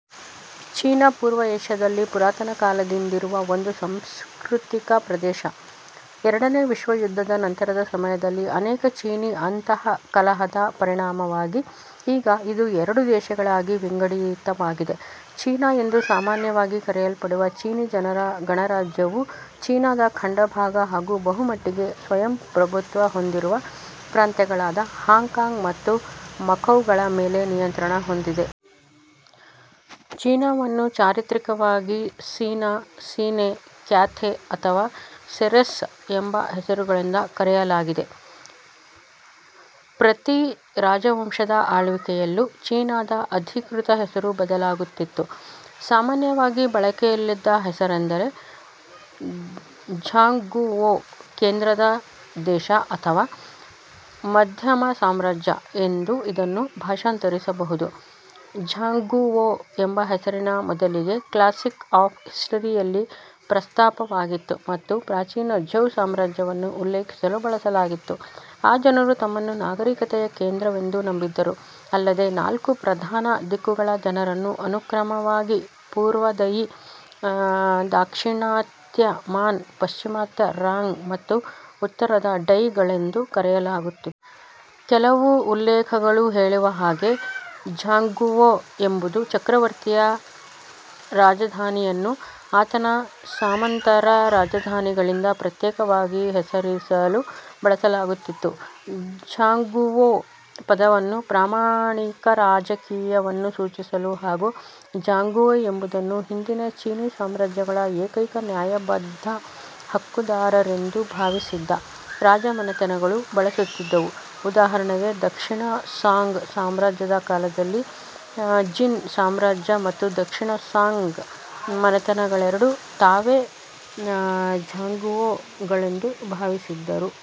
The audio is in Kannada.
ಚೀನಾ ಪೂರ್ವ ಏಷ್ಯಾದಲ್ಲಿ ಪುರಾತನ ಕಾಲದಿಂದಿರುವ ಒಂದು ಸಂಸ್ಕೃತಿಕ ಪ್ರದೇಶ. ಎರಡನೇ ವಿಶ್ವಯುದ್ಧದ ನಂತರದ ಸಮಯದಲ್ಲಿ ನಡೆದ ಚೀನಿ ಅಂತಃಕಲಹದ ಪರಿಣಾಮವಾಗಿ ಈಗ ಇದು ಎರಡು ದೇಶಗಳಾಗಿ ವಿಂಗಡಿತವಾಗಿದೆ: ಚೀನಾ ಎಂದು ಸಾಮಾನ್ಯವಾಗಿ ಕರೆಯಲ್ಪಡುವ ಚೀನಿ ಜನರ ಗಣರಾಜ್ಯ ವು ಚೀನದ ಖಂಡ ಭಾಗ, ಹಾಗೂ ಬಹುಮಟ್ಟಿಗೆ ಸ್ವಯಂಪ್ರಭುತ್ವ ಹೊಂದಿರುವ ಪ್ರಾಂತ್ಯಗಳಾದ ಹಾಂಗ್ ಕಾಂಗ್ ಮತ್ತು ಮಕೌ ಗಳ ಮೇಲೆ ನಿಯಂತ್ರಣ ಹೊಂದಿದೆ. ಚೀನಾವನ್ನು ಚಾರಿತ್ರಿಕವಾಗಿ ಸಿನಾ, ಸಿನೇ, ಕ್ಯಾಥೆ, ಅಥವಾ ಸೆರೆಸ್ ಎಂಬ ಹೆಸರುಗಳಿಂದ ಕರೆಯಲಾಗಿದೆ. ಪ್ರತಿ ರಾಜವಂಶದ ಆಳ್ವಿಕೆಯಲ್ಲೂ ಚೀನಾದ ಅಧಿಕೃತ ಹೆಸರು ಬದಲಾಗುತ್ತಿತ್ತು. ಸಾಮಾನ್ಯವಾಗಿ ಬಳಕೆಯಲ್ಲಿದ್ದ ಹೆಸರೆಂದರೆ ಝಾಂಗ್ಗುವೊ. "ಕೇಂದ್ರದ ದೇಶ" ಅಥವಾ "ಮಧ್ಯಮ ಸಾಮ್ರಾಜ್ಯ" ಎಂದು ಇದನ್ನು ಭಾಷಾಂತರಿಸಬಹುದು. ಝಾಂಗ್ಗುವೋ ಎಂಬ ಹೆಸರು ಮೊದಲಿಗೆ ಕ್ಲಾಸಿಕ್ ಆಫ್ ಹಿಸ್ಟರಿ ಯಲ್ಲಿ ಪ್ರಸ್ತಾಪವಾಗಿತ್ತು, ಮತ್ತು ಪ್ರಾಚೀನ ಝೌ ಸಾಮ್ರಾಜ್ಯವನ್ನು ಉಲ್ಲೇಖಿಸಲು ಬಳಸಲಾಗಿತ್ತು, ಆ ಜನರು ತಮ್ಮನ್ನು "ನಾಗರೀಕತೆಯ ಕೇಂದ್ರ" ವೆಂದು ನಂಬಿದ್ದರು, ಅಲ್ಲದೇ ನಾಲ್ಕು ಪ್ರಧಾನ ದಿಕ್ಕುಗಳ ಜನರನ್ನು ಅನುಕ್ರಮವಾಗಿ ಪೂರ್ವದ ಯಿ, ದಾಕ್ಷಿಣಾತ್ಯ ಮಾನ್, ಪಾಶ್ಚಿಮಾತ್ಯ ರಾಂಗ್ ಮತ್ತು ಉತ್ತರದ ಡೈ ಗಳೆಂದು ಕರೆಯಲಾಗುತ್ತಿತ್ತು. ಕೆಲವು ಉಲ್ಲೇಖಗಳು ಹೇಳುವ ಹಾಗೆ "ಝಾಂಗ್ಗುವೋ" ಎಂಬುದು ಚಕ್ರವರ್ತಿಯ ರಾಜಧಾನಿಯನ್ನು, ಆತನ ಸಾಮಂತ ರ ರಾಜಧಾನಿಗಳಿಂದ ಪ್ರತ್ಯೇಕವಾಗಿ ಹೆಸರಿಸಲು ಬಳಸಲಾಗುತ್ತಿತ್ತು. " ಝಾಂಗ್ಗುವೋ " ಪದವನ್ನು ಪ್ರಾಮಾಣಿಕ ರಾಜಕೀಯವನ್ನು ಸೂಚಿಸಲು, ಹಾಗೂ " ಝಾಂಗ್ಗುವೋ " ಎಂಬುದನ್ನು ಹಿಂದಿನ ಚೀನೀ ಸಾಮ್ರಾಜ್ಯಗಳ ಏಕೈಕ ನ್ಯಾಯಬದ್ಧ ಹಕ್ಕುದಾರರೆಂದು ಭಾವಿಸಿದ್ದ ರಾಜಮನೆತನಗಳು ಬಳಸುತ್ತಿದ್ದವು; ಉದಾಹರಣೆಗೆ, ದಕ್ಷಿಣ ಸಾಂಗ್ ಸಾಮ್ರಾಜ್ಯದ ಕಾಲದಲ್ಲಿ, ಜಿನ್ ಸಾಮ್ರಾಜ್ಯ ಮತ್ತು ದಕ್ಷಿಣ ಸಾಂಗ್ ಮನೆತನಗಳೆರಡೂ ತಾವೇ " ಝಾಂಗ್ಗುವೋ " ಗಳೆಂದು ಭಾವಿಸಿದ್ದರು.